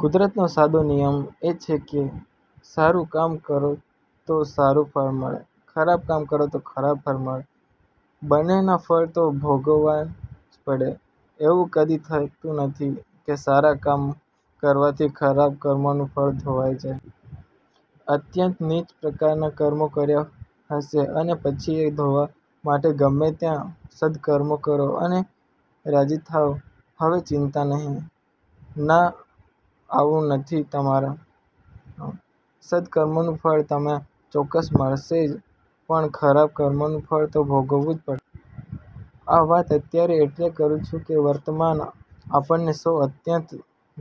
કુદરતનો સાદો નિયમ એ છે કે સારું કામ કરો તો સારું ફળ મળે ખરાબ કામ કરો તો ખરાબ ફળ મળે. બંન્ને ના ફળ તો ભોગવવા જ પડે. એવું કદી થતું નથી કે સારા કામ કરવાથી ખરાબ કર્મોનું ફળ ધોવાઈ જાય. અત્યંત નીચ પ્રકારના કર્મો કર્યા હશે અને પછી એ ધોવા માટે ગમે તેટલા સદકર્મો કરો અને રાજી થાવ કે હવે ચિંતા નહીં. ના આવું નથી તમારાં સદકર્મો નું ફળ તમને ચોક્કસ મળશે પણ ખરાબ કર્મોનું ફળ તો ભોગવવું જ પડશે. આ વાત અત્યારે એટલે કરું છું કે વર્તમાન આપણે સૌ અત્યંત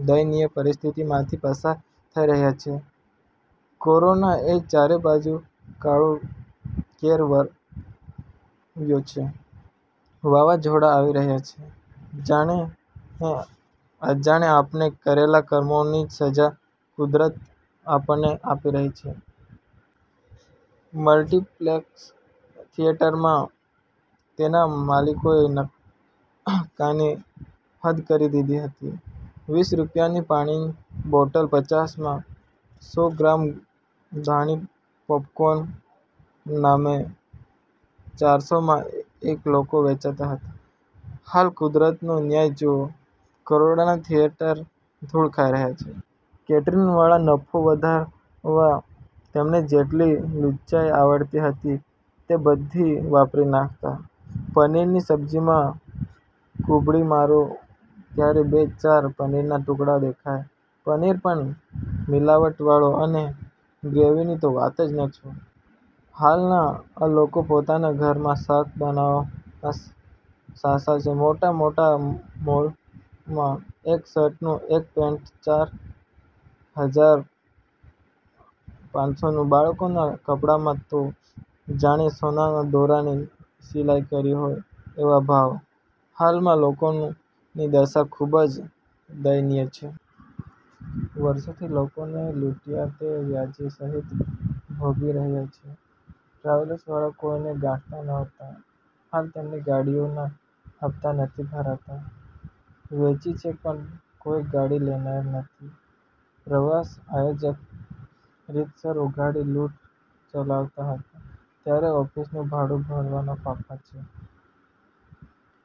દયનીય પરિસ્થિતિમાંથી પસાર થઈ રહ્યા છીએ. કોરોના એ ચારે બાજુ કાળો કેર વર્તવ્યો છે. વાવાઝોડા આવી રહ્યા છે. જાણે અજાણે આપણે કરેલા કર્મોની જ સજા કુદરત આપણને આપી રહી છે. મલ્ટીપ્લેક્સ થિયેટરમાં તેનાં માલિકોએ નફાની હદ કરી દીધી હતી વીસ રૂપિયાની પાણીની બોટલ પચાસ માં, સો ગ્રામ ધાણી- પોપકોર્નના નામે ચારસો માં એ લોકો વેચતા હતા. હાલ કુદરતનો ન્યાય જુઓ, કરોડોના થિયેટર ધુળ ખાઈ રહ્યા છે. કેટરીંગ વાળા, નફો વધારવા તેમને જેટલી લુચ્ચાઈ આવડતી હતી તે બધી વાપરી નાખતાં. પનીર ની સબ્જીમાં ડુબકી મારો ત્યારે બે ચાર પનીરના ટુકડા દેખાય, પનીર પણ મિલાવટ વાળું, અને ગ્રેવીની તો વાત જ નથી હાલ આ લોકોને પોતાના ઘરમાં શાક બનાવવાના સાંસા છે. મોટા મોટા મોલમાં એક શર્ટ નું, એક પેન્ટ ચાર હાજર પાંચસો નું, બાળકોના કપડાંમાં તો જાણે સોનાના દોરાની સિલાઈ કરી હોય તેવા ભાવ. હાલ આ લોકોની દશા ખુબ જ દયનીય છે. વર્ષોથી લોકોને લૂંટયા તે વ્યાજ સહીત ભોગવી રહ્યા છે. ટ્રાવેલ્સ વાળા કોઈને ગાંઠતા નહોતા, હાલ તેમની ગાડીઓના હપ્તા નથી ભરાતા. વેચવી છે પણ કોઈ ગાડી લેનાર નથી. પ્રવાસ આયોજકો, રીતસર ઉઘાડી લુંટ ચલાવતા હતા અત્યારે ઓફીસનું ભાડું ભરવાના ફાંફા છે.